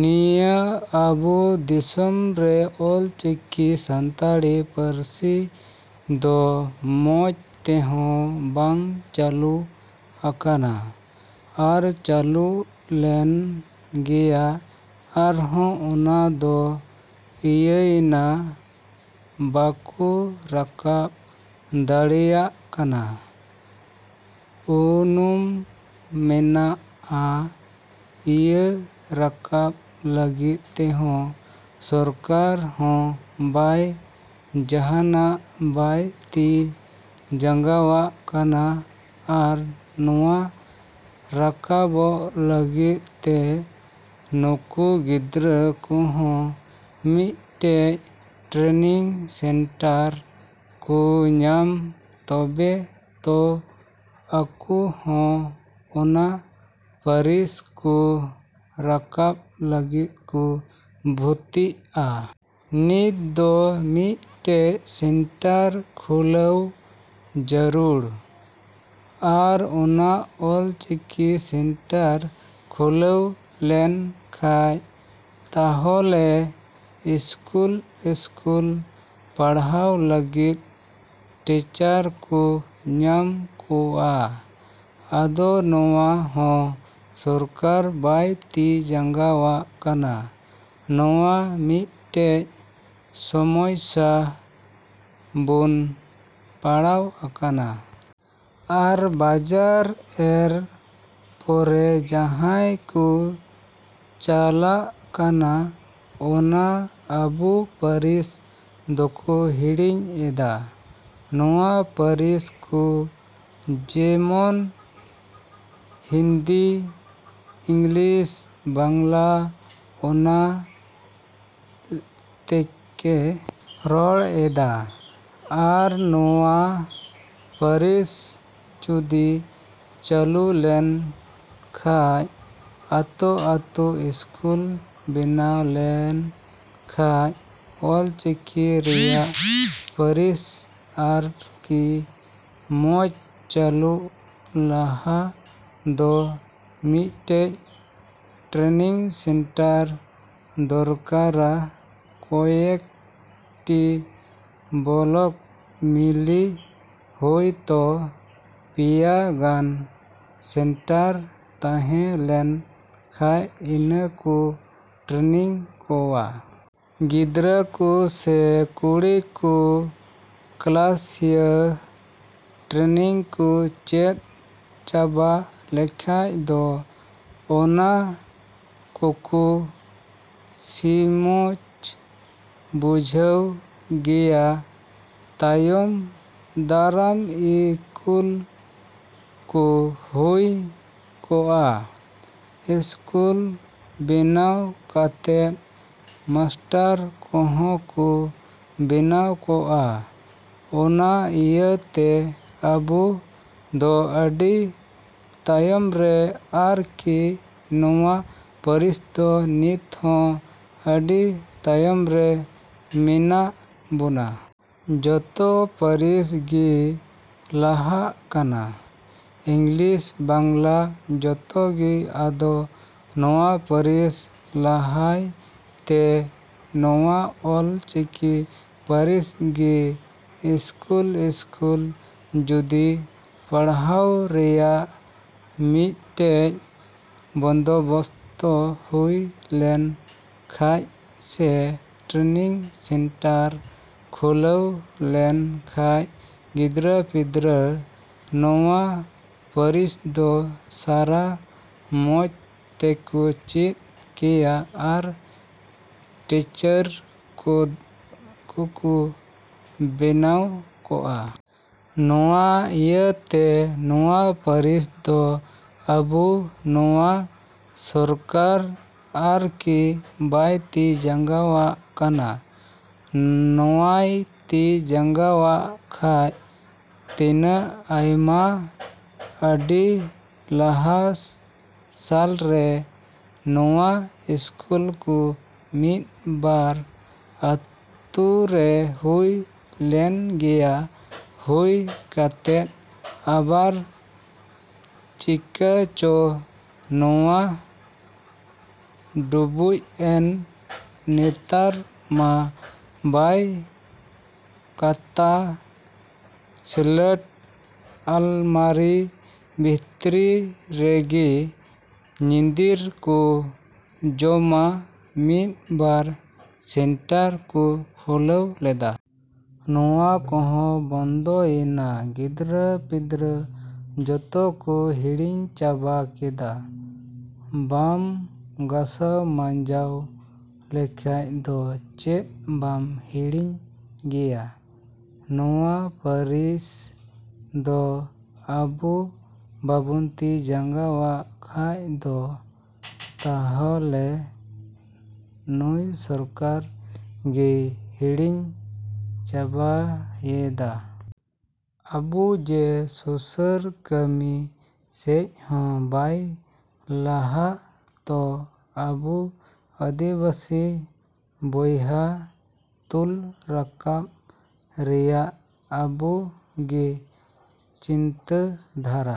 ᱱᱤᱭᱟᱹ ᱟᱵᱚ ᱫᱤᱥᱚᱢ ᱨᱮ ᱚᱞ ᱪᱤᱠᱤ ᱥᱟᱱᱛᱟᱲᱤ ᱯᱟᱹᱨᱥᱤ ᱫᱚ ᱢᱚᱸᱡᱽ ᱛᱮᱦᱚᱸ ᱵᱟᱝ ᱪᱟᱞᱩ ᱟᱠᱟᱱᱟ᱾ ᱟᱨ ᱪᱟᱞᱩᱜ ᱞᱮᱱ ᱜᱮᱭᱟ ᱟᱨᱦᱚᱸ ᱚᱱᱟ ᱫᱚ ᱤᱭᱟᱹᱭᱮᱱᱟ ᱵᱟᱠᱚ ᱨᱟᱠᱟᱵ ᱫᱟᱲᱮᱭᱟᱜ ᱠᱟᱱᱟ᱾ ᱩᱱᱩᱢ ᱢᱮᱱᱟᱜᱼᱟ, ᱤᱭᱟᱹ ᱨᱟᱠᱟᱵ ᱞᱟᱹᱜᱤᱫ ᱛᱮᱦᱚᱸ ᱥᱚᱨᱠᱟᱨ ᱦᱚᱸ ᱵᱟᱭ ᱡᱟᱦᱟᱸᱱᱟᱜ ᱵᱟᱭ ᱛᱤ ᱡᱟᱸᱜᱟᱣᱟᱜ ᱠᱟᱱᱟ ᱟᱨ ᱱᱚᱣᱟ ᱨᱟᱠᱟᱵᱚᱜ ᱞᱟᱹᱜᱤᱫ ᱛᱮ ᱱᱩᱠᱩ ᱜᱤᱫᱽᱨᱟᱹ ᱠᱚᱦᱚᱸ ᱢᱤᱫᱴᱮᱡ ᱴᱨᱮᱱᱤᱝ ᱥᱮᱱᱴᱟᱨ ᱠᱚ ᱧᱟᱢᱟ ᱛᱚᱵᱮ ᱛᱚ, ᱟᱠᱚ ᱦᱚᱸ ᱚᱱᱟ ᱯᱟᱨᱥᱤ ᱠᱚ ᱨᱟᱠᱟᱵ ᱞᱟᱹᱜᱤᱫ ᱠᱚ ᱵᱷᱚᱛᱛᱤᱜᱼᱟ? ᱱᱤᱛ ᱫᱚ ᱢᱤᱫᱴᱮᱡ ᱥᱮᱱᱴᱟᱨ ᱠᱷᱩᱞᱟᱹᱣ ᱡᱟᱹᱨᱩᱲ᱾ ᱟᱨ ᱚᱱᱟ ᱚᱞ ᱪᱤᱠᱤ ᱥᱮᱱᱴᱟᱨ ᱠᱷᱩᱞᱟᱹᱣ ᱞᱮᱱ ᱠᱷᱟᱡ ᱛᱟᱦᱞᱮ ᱤᱥᱠᱩᱞᱼᱤᱥᱠᱩᱞ ᱯᱟᱲᱦᱟᱣ ᱞᱟᱹᱜᱤᱫ ᱴᱤᱪᱟᱹᱨ ᱠᱚ ᱧᱟᱢ ᱠᱚᱜᱼᱟ᱾ ᱟᱫᱚ ᱱᱚᱣᱟ ᱦᱚᱸ ᱥᱚᱨᱠᱟᱨ ᱵᱟᱭ ᱛᱤ ᱡᱟᱸᱜᱟᱣᱟᱜ ᱠᱟᱱᱟ᱾ ᱱᱚᱣᱟ ᱢᱤᱫᱴᱮᱡ ᱥᱚᱢᱚᱥᱥᱟ ᱵᱚᱱ ᱯᱟᱲᱟᱣ ᱟᱠᱟᱱᱟ᱾ ᱟᱨ ᱵᱟᱡᱟᱨ ᱮᱨ ᱯᱚᱨᱮ ᱡᱟᱦᱟᱸᱭ ᱠᱚ ᱪᱟᱞᱟᱜ ᱠᱟᱱᱟ ᱚᱱᱟ ᱟᱵᱚ ᱯᱟᱹᱨᱥᱤ ᱫᱚᱠᱚ ᱦᱤᱲᱤᱧ ᱮᱫᱟ, ᱱᱚᱣᱟ ᱯᱟᱹᱨᱥᱤ ᱠᱚ ᱡᱮᱢᱚᱱ ᱦᱤᱱᱫᱤ, ᱤᱝᱞᱤᱥ, ᱵᱟᱝᱞᱟ ᱚᱱᱟ ᱛᱮᱠᱚ ᱨᱚᱲ ᱮᱫᱟ᱾ ᱟᱨ ᱱᱚᱣᱟ ᱯᱟᱹᱨᱥᱤ ᱡᱩᱫᱤ ᱪᱟᱞᱩ ᱞᱮᱱ ᱠᱷᱟᱡ ᱟᱛᱳᱼᱟᱛᱳ ᱤᱥᱠᱩᱞ ᱵᱮᱱᱟᱣ ᱞᱮᱱ ᱠᱷᱟᱡ ᱚᱞ ᱪᱤᱠᱤ ᱨᱮᱭᱟᱜ ᱯᱟᱨᱥᱤ ᱟᱨᱠᱤ ᱢᱚᱸᱡᱽ ᱪᱟᱹᱞᱩᱜ ᱞᱟᱦᱟ ᱫᱚ ᱢᱤᱫᱴᱮᱡ ᱴᱨᱮᱱᱤᱝ ᱥᱮᱱᱴᱟᱨ ᱫᱚᱨᱠᱟᱨᱟ ᱠᱚᱭᱮᱠ ᱴᱤ ᱵᱞᱚᱠ ᱢᱤᱞᱮ ᱦᱚᱭ ᱛᱚ ᱯᱮᱭᱟ ᱜᱟᱱ ᱥᱮᱱᱴᱟᱨ ᱛᱟᱦᱮᱸ ᱞᱮᱱ ᱠᱷᱟᱡ ᱤᱱᱟᱹ ᱠᱚ ᱴᱨᱮᱱᱤᱝ ᱠᱚᱜᱼᱟ᱾ ᱜᱤᱫᱽᱨᱟᱹ ᱠᱚ ᱥᱮ ᱠᱩᱲᱤ ᱠᱚ ᱠᱞᱟᱥᱤᱭᱟ ᱴᱨᱮᱱᱤᱝ ᱠᱚ ᱪᱮᱫ ᱪᱟᱵᱟ ᱞᱮᱠᱷᱟᱡ ᱫᱚ ᱚᱱᱟ ᱠᱚᱠᱩ ᱥᱤᱢᱚᱸᱡᱽ ᱵᱩᱡᱷᱟᱹᱜ ᱜᱮᱭᱟ ᱛᱟᱭᱚᱢ ᱫᱟᱨᱟᱢ ᱤᱥᱠᱩᱞ ᱠᱚ ᱦᱩᱭ ᱠᱚᱜᱼᱟ᱾ ᱤᱥᱠᱩᱞ ᱵᱮᱱᱟᱣ ᱠᱟᱛᱮᱫ ᱢᱟᱥᱴᱟᱨ ᱠᱚᱦᱚᱸ ᱠᱚ ᱵᱮᱱᱟᱣ ᱠᱚᱜᱼᱟ᱾ ᱚᱱᱟ ᱤᱭᱟᱹᱛᱮ ᱟᱵᱚ ᱫᱚ ᱟᱰᱤ ᱛᱟᱭᱚᱢ ᱨᱮ ᱟᱨᱠᱤ ᱱᱚᱣᱟ ᱯᱟᱹᱨᱥᱤ ᱫᱚ ᱱᱤᱛ ᱦᱚᱸ ᱟᱹᱰᱤ ᱛᱟᱭᱚᱢ ᱨᱮ ᱢᱮᱱᱟᱜ ᱵᱚᱱᱟ᱾ ᱡᱚᱛᱚ ᱯᱟᱹᱨᱥᱤ ᱜᱮ ᱞᱟᱦᱟᱜ ᱠᱟᱱᱟ᱾ ᱤᱝᱞᱤᱥ, ᱵᱟᱝᱞᱟ ᱡᱚᱛᱚ ᱜᱮ ᱟᱫᱚ ᱱᱚᱣᱟ ᱯᱟᱹᱨᱥᱤ ᱞᱟᱦᱟᱭ ᱛᱮ ᱱᱚᱣᱟ ᱚᱞ ᱪᱤᱠᱤ ᱯᱟᱨᱥᱤ ᱜᱮ ᱤᱥᱠᱩᱞᱼᱤᱥᱠᱩᱞ ᱡᱩᱫᱤ ᱯᱟᱲᱦᱟᱣ ᱨᱮᱭᱟᱜ ᱢᱤᱫᱴᱮᱡ ᱵᱚᱱᱫᱚᱵᱚᱥᱛᱚ ᱦᱩᱭ ᱞᱮᱱ ᱠᱷᱟᱡ ᱥᱮ ᱴᱨᱮᱱᱤᱝ ᱥᱮᱱᱴᱟᱨ ᱠᱷᱩᱞᱟᱹᱣ ᱞᱮᱱ ᱠᱷᱟᱡ ᱜᱤᱫᱽᱨᱟᱹ ᱯᱤᱫᱽᱨᱟᱹ ᱱᱚᱣᱟ ᱯᱟᱹᱨᱥᱤ ᱫᱚ ᱥᱟᱨᱟ ᱢᱚᱸᱡᱽ ᱛᱮᱠᱚ ᱪᱮᱫ ᱠᱮᱭᱟ ᱟᱨ ᱴᱤᱪᱟᱹᱨ ᱠᱚᱠᱚ ᱵᱮᱱᱟᱣ ᱠᱚᱜᱼᱟ᱾ ᱚᱱᱟ ᱤᱭᱟᱹᱛᱮ ᱱᱚᱣᱟ ᱯᱟᱹᱨᱥᱤ ᱫᱚ ᱟᱵᱚ ᱱᱚᱣᱟ ᱥᱚᱨᱠᱟᱨ ᱟᱨᱠᱤ ᱵᱟᱭ ᱛᱤ ᱡᱟᱸᱜᱟᱣᱟᱜ ᱠᱟᱱᱟ᱾ ᱱᱚᱣᱟᱭ ᱛᱤ ᱡᱟᱸᱜᱟᱣᱟᱜ ᱠᱷᱟᱡ ᱛᱤᱱᱟᱹᱜ ᱟᱭᱢᱟ ᱟᱰᱤ ᱞᱟᱦᱟ ᱥᱟᱞ ᱨᱮ ᱱᱚᱣᱟ ᱤᱥᱠᱩᱞ ᱠᱚ ᱢᱤᱫ ᱵᱟᱨ ᱟᱹᱛᱩ ᱨᱮ ᱦᱩᱭ ᱞᱮᱱ ᱜᱮᱭᱟ ᱦᱩᱭ ᱠᱟᱛᱮᱫ ᱟᱵᱟᱨ ᱪᱤᱠᱟ ᱪᱚ ᱱᱚᱣᱟ ᱰᱩᱵᱩᱡ ᱮᱱ ᱱᱮᱛᱟᱨ ᱢᱟ ᱵᱚᱭ ᱠᱷᱟᱛᱟ ᱥᱞᱮᱴ ᱟᱞᱢᱟᱨᱤ ᱵᱷᱤᱛᱨᱤ ᱨᱮᱜᱮ ᱧᱤᱫᱤᱨ ᱠᱚ ᱡᱚᱢᱟ ᱢᱤᱫ ᱵᱟᱨ ᱥᱮᱱᱴᱟᱨ ᱠᱚ ᱠᱷᱩᱞᱟᱹᱣ ᱞᱮᱫᱟ᱾ ᱱᱚᱣᱟ ᱠᱚᱦᱚᱸ ᱵᱚᱱᱫᱚᱭᱮᱱᱟ ᱜᱤᱫᱽᱨᱟᱹ ᱯᱤᱫᱽᱨᱟᱹ ᱡᱚᱛᱚ ᱠᱚ ᱦᱤᱲᱤᱧ ᱪᱟᱵᱟ ᱠᱮᱫᱟ᱾ ᱵᱟᱢ ᱜᱟᱥᱟᱣ ᱢᱟᱧᱡᱟᱣ ᱞᱮᱠᱷᱟᱡ ᱫᱚ ᱪᱮᱫ ᱵᱟᱢ ᱦᱤᱲᱤᱧ ᱜᱮᱭᱟ! ᱱᱚᱣᱟ ᱯᱟᱹᱨᱥᱤ ᱫᱚ ᱟᱵᱚ ᱵᱟᱵᱚᱱ ᱛᱤ ᱡᱟᱸᱜᱟᱣᱟᱜ ᱠᱷᱟᱡ ᱫᱚ ᱛᱟᱦᱞᱮ ᱱᱩᱭ ᱥᱚᱨᱠᱟᱨ ᱜᱮᱭ ᱦᱤᱲᱤᱧ ᱪᱟᱵᱟᱭᱮᱫᱟ᱾ ᱟᱵᱚ ᱡᱮ ᱥᱩᱥᱟᱹᱨ ᱠᱟᱹᱢᱤ ᱥᱮᱡ ᱦᱚᱸ ᱵᱟᱭ ᱞᱟᱦᱟᱜ ᱛᱚ ᱟᱵᱚ ᱟᱫᱤᱵᱟᱥᱤ ᱵᱚᱭᱦᱟ ᱛᱩᱞ ᱨᱟᱠᱟᱵ ᱨᱮᱭᱟᱜ ᱟᱵᱚ ᱜᱮ ᱪᱤᱱᱛᱟᱹ ᱫᱷᱟᱨᱟ᱾